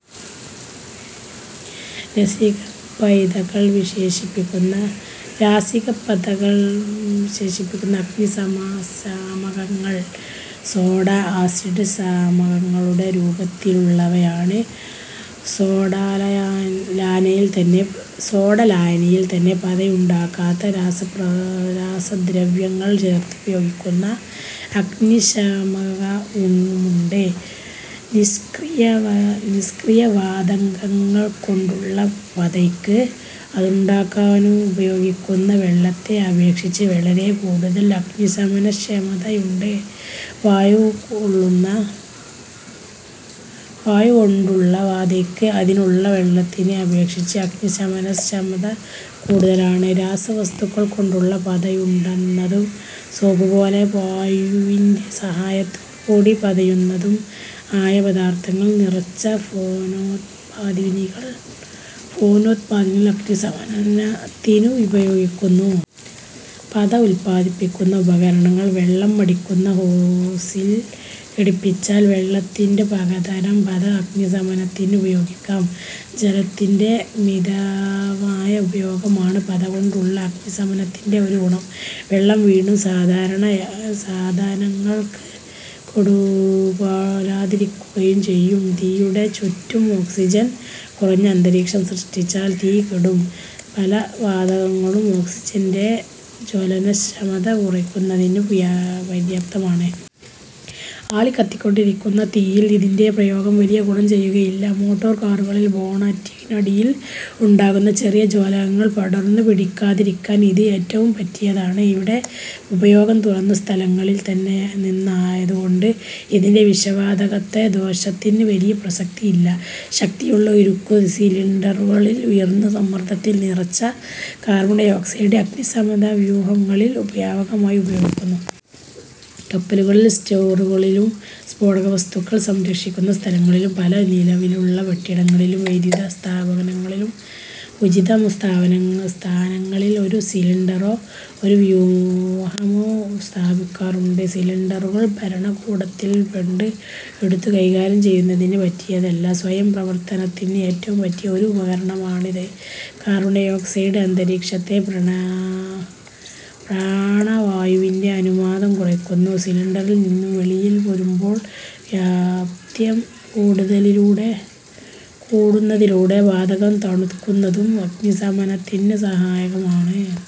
രാസികപ്പതകൾ വിക്ഷേപിക്കുന്ന അഗ്നിശാമകങ്ങൾ soda-acid ശാമകങ്ങളുടെ രൂപത്തിലുള്ളവയാണ്. സോഡാലായനിയിൽ തന്നെ പതയുണ്ടാകത്തക്ക രാസദ്രവ്യങ്ങൾ ചേർത്ത് ഉപയോഗിക്കുന്ന അഗ്നിശാമകവുമുണ്ട്. നിഷ്ക്രിയവാതകങ്ങൾകൊണ്ടുള്ള പതയ്ക്ക് അതുണ്ടാക്കാനുപയോഗിക്കുന്ന വെള്ളത്തെ അപേക്ഷിച്ച് വളരെക്കൂടുതൽ അഗ്നിശമനക്ഷമതയുണ്ട്. വായുകൊണ്ടുള്ള പതയ്ക്കും അതിലുള്ള വെള്ളത്തിനെ അപേക്ഷിച്ച് അഗ്നിശമനക്ഷമത കൂടുതലാണ്. രാസവസ്തുക്കൾക്കൊണ്ടു പതയുന്നതും സോപ്പുപോലെ വായുവിന്റെ സഹായത്തോടുകൂടി പതയുന്നതും ആയ പദാർഥങ്ങൾ നിറച്ച 'ഫേനോത്പാദിനികൾ' അഗ്നിശമനത്തിനുപയോഗിക്കുന്നു. പത ഉത്പാദിപ്പിക്കുന്ന ഉപകരണങ്ങൾ വെള്ളം അടിക്കുന്ന ഹോസിൽ ഘടിപ്പിച്ചാൽ വെള്ളത്തിനുപകരം പത അഗ്നിശമനത്തിനുപയോഗിക്കാം. ജലത്തിന്റെ മിതമായ ഉപയോഗമാണ് പതകൊണ്ടുള്ള അഗ്നിശമനത്തിന്റെ ഒരു ഗുണം; വെള്ളം വീണ് സാധനങ്ങൾക്ക് കേടുവരാതിരിക്കുകയും ചെയ്യും. തീയുടെ ചുറ്റും ഓക്സിജൻ കുറഞ്ഞ അന്തരീക്ഷം സൃഷ്ടിച്ചാൽ തീ കെടും. പല വാതകങ്ങളും ഓക്സിജന്റെ ജ്വലനക്ഷമത കുറയ്ക്കുന്നതിന് പര്യാപ്തമാണ്. ആളിക്കത്തിക്കൊണ്ടിരിക്കുന്ന തീയിൽ ഇതിന്റെ പ്രയോഗം വലിയ ഗുണം ചെയ്യുകയില്ല. മോട്ടോർ കാറുകളിൽ ബോണറ്റിനടിയിൽ ഉണ്ടാകുന്ന ചെറിയ ജ്വാലകൾ പടർന്നുപിടിക്കാതിരിക്കാൻ ഇത് ഏറ്റവും പറ്റിയതാണ്. ഇവിടെ ഉപയോഗം തുറന്ന സ്ഥലങ്ങളിൽനിന്നായതുകൊണ്ട് ഇതിന്റെ വിഷവാതകത്വദോഷത്തിന് വലിയ പ്രസക്തിയില്ല. ശക്തിയുള്ള ഉരുക്കുസിലിണ്ടറുകളിൽ ഉയർന്ന സമ്മർദത്തിൽ നിറച്ച കാർബൺഡൈഓക്സൈഡ് അഗ്നിശാമകവ്യൂഹങ്ങളിൽ വ്യാപകമായി ഉപയോഗിക്കുന്നു. കപ്പലുകളിലും സ്റ്റോറുകളിലും സ്ഫോടകവസ്തുക്കൾ സംഭരിക്കുന്ന സ്ഥലങ്ങളിലും, പല നിലകളിലുള്ള കെട്ടിടങ്ങളിലും, വൈദ്യുതസ്ഥാപനങ്ങളിലും ഉചിതസ്ഥാനങ്ങളിൽ ഒരു സിലിണ്ടറോ, ഒരു വ്യൂഹമോ സ്ഥാപിക്കാറുണ്ട്. സിലിണ്ടറുകൾ ഭാരക്കൂടുതൽകൊണ്ട് എടുത്തു കൈകാര്യം ചെയ്യുന്നതിന് പറ്റിയതല്ല. സ്വയം പ്രവർത്തനത്തിന് ഏറ്റവും പറ്റിയ ഒരു ഉപകരണമാണിത്. കാർബൺഡൈഓക്സൈഡ് അന്തരീക്ഷത്തിലെ പ്രാണവായുവിന്റെ അനുപാതം കുറയ്ക്കുന്നു. സിലിണ്ടറിൽനിന്ന് വെളിയിൽ വരുമ്പോൾ വ്യാപ്തം കൂടുന്നതിലൂടെ വാതകം തണുക്കുന്നതും അഗ്നിശമനത്തിനു സഹായകമാണ്.